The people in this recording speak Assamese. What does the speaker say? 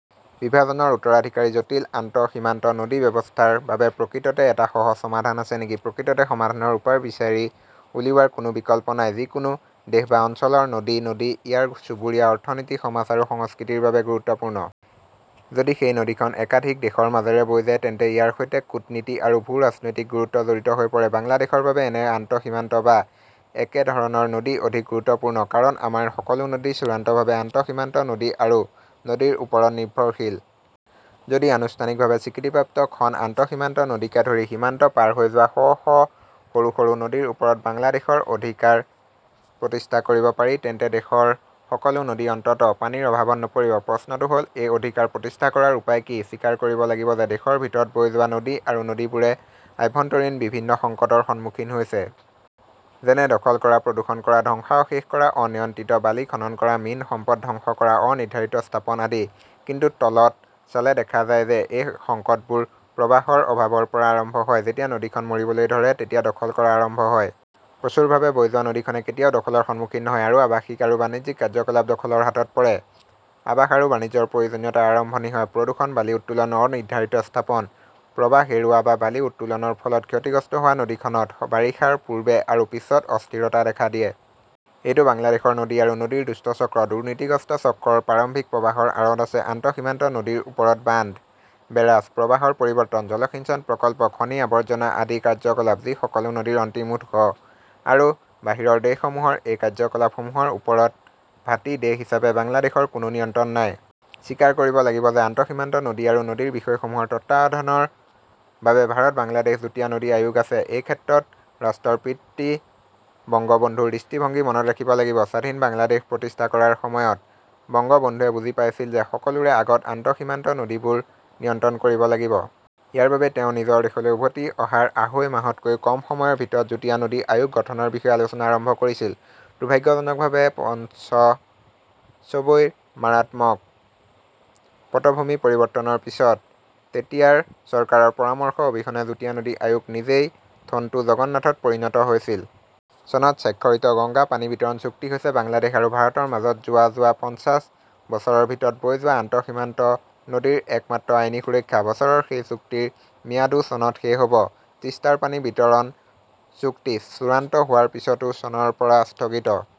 বিভাজনৰ উত্তৰাধিকাৰী জটিল আন্তঃসীমান্ত নদী ব্যৱস্থাৰ বাবে প্ৰকৃততে এটা সহজ সমাধান আছে নেকি প্ৰকৃততে সমাধানৰ উপায় বিচাৰি উলিওৱাৰ কোনো বিকল্প নাই। যিকোনো দেশ বা অঞ্চলৰ নদী-নদী ইয়াৰ চুবুৰীয়া, অৰ্থনীতি, সমাজ আৰু সংস্কৃতিৰ বাবে গুৰুত্বপূৰ্ণ। যদি সেই নদীখন একাধিক দেশৰ মাজেৰে বৈ যায়, তেন্তে ইয়াৰ সৈতে কূটনীতি আৰু ভূ-ৰাজনৈতিক গুৰুত্ব জড়িত হৈ পৰে। বাংলাদেশৰ বাবে এনে আন্তঃসীমান্ত বা একেধৰণৰ নদী অধিক গুৰুত্বপূৰ্ণ। কাৰণ আমাৰ সকলো নদী চূড়ান্তভাৱে আন্তঃসীমান্ত নদী আৰু নদীৰ ওপৰত নিৰ্ভৰশীল। যদি আনুষ্ঠানিকভাৱে স্বীকৃতিপ্ৰাপ্ত খন আন্তঃসীমান্ত নদীকে ধৰি সীমান্ত পাৰ হৈ যোৱা শ শ সৰু সৰু নদীৰ ওপৰত বাংলাদেশৰ অধিকাৰ প্ৰতিষ্ঠা কৰিব পাৰি, তেন্তে দেশৰ সকলো নদী অন্ততঃ পানীৰ অভাৱত নপৰিব। প্ৰশ্নটো হ’ল, এই অধিকাৰ প্ৰতিষ্ঠা কৰাৰ উপায় কি স্বীকাৰ কৰিব লাগিব যে দেশৰ ভিতৰত বৈ যোৱা নদী আৰু নদীবোৰে আভ্যন্তৰীণ বিভিন্ন সংকটৰ সন্মুখীন হৈছে। যেনে দখল কৰা, প্ৰদূষণ কৰা, ধ্বংসাৱশেষ কৰা, অনিয়ন্ত্ৰিত বালি খনন কৰা, মীন সম্পদ ধ্বংস কৰা, অনিৰ্ধাৰিত স্থাপন আদি। কিন্তু তলত চালে দেখা যায় যে এই সংকটবোৰ প্ৰবাহৰ অভাৱৰ পৰা আৰম্ভ হয়। যেতিয়া নদীখন মৰিবলৈ ধৰে, তেতিয়া দখল কৰা আৰম্ভ হয়। প্ৰচুৰভাৱে বৈ যোৱা নদীখনে কেতিয়াও দখলৰ সন্মুখীন নহয়। আৰু আৱাসিক আৰু বাণিজ্যিক কাৰ্যকলাপ দখলৰ হাতত পৰে। আৱাস আৰু বাণিজ্যৰ প্ৰয়োজনীয়তাৰ আৰম্ভণি হয় প্ৰদূষণ, বালি উত্তোলন, অনিৰ্ধাৰিত স্থাপন। প্ৰবাহ হেৰুওৱা বা বালি উত্তোলনৰ ফলত ক্ষতিগ্ৰস্ত হোৱা নদীখনত বাৰিষাৰ পূৰ্বে আৰু পিছত অস্থিৰতা দেখা দিয়ে। এইটো বাংলাদেশৰ নদী আৰু নদীৰ দুষ্ট চক্ৰ । দুৰ্নীতিগ্ৰস্ত চক্ৰৰ প্ৰাৰম্ভিক প্ৰৱাহৰ আঁৰত আছে আন্তঃসীমান্ত নদীৰ ওপৰত বান্ধ, বেৰাজ, প্ৰৱাহৰ পৰিৱৰ্তন, জলসিঞ্চন প্ৰকল্প, খনি, আৱৰ্জনা আদি কাৰ্যকলাপ, যি সকলো নদীৰ অন্তিম উৎস। আৰু বাহিৰৰ দেশসমূহৰ এই কাৰ্যকলাপসমূহৰ ওপৰত ভাটি দেশ হিচাপে বাংলাদেশৰ কোনো নিয়ন্ত্ৰণ নাই। স্বীকাৰ কৰিব লাগিব যে আন্তঃসীমান্ত নদী আৰু নদীৰ বিষয়সমূহৰ তত্বাৱধানৰ বাবে ভাৰত-বাংলাদেশ যুটীয়া নদী আয়োগ আছে। এই ক্ষেত্ৰত ৰাষ্ট্ৰৰ পিতৃ বঙ্গবন্ধুৰ দৃষ্টিভংগী মনত ৰাখিব লাগিব। স্বাধীন বাংলাদেশ প্ৰতিষ্ঠা কৰাৰ সময়ত বংগবন্ধুৱে বুজি পাইছিল যে সকলোৰে আগতে আন্তঃসীমান্ত নদীবোৰ নিয়ন্ত্ৰণ কৰিব লাগিব। ইয়াৰ বাবেই তেওঁ নিজৰ দেশলৈ উভতি অহাৰ আঢ়ৈ মাহতকৈও কম সময়ৰ ভিতৰত যুটীয়া নদী আয়োগ গঠনৰ বিষয়ে আলোচনা আৰম্ভ কৰিছিল। দুৰ্ভাগ্যজনকভাৱে, পঞ্চচব্বৈৰ মাৰাত্মক পটভূমি পৰিৱৰ্তনৰ পিছত, তেতিয়াৰ চৰকাৰৰ পৰামৰ্শ অবিহনে যুটীয়া নদী আয়োগ নিজেই থণ্টু জগন্নাথত পৰিণত হৈছিল। চনত স্বাক্ষৰিত গংগা পানী বিতৰণ চুক্তি হৈছে বাংলাদেশ আৰু ভাৰতৰ মাজত যোৱা যোৱা পঞ্চাশ বছৰৰ ভিতৰত বৈ যোৱা আন্তঃসীমান্ত নদীৰ একমাত্ৰ আইনী সুৰক্ষা। বছৰৰ সেই চুক্তিৰ ম্যাদও চনত শেষ হ'ব। তিষ্টাৰ পানী বিতৰণ চুক্তি চূড়ান্ত হোৱাৰ পিছতো চনৰ পৰা স্থগিত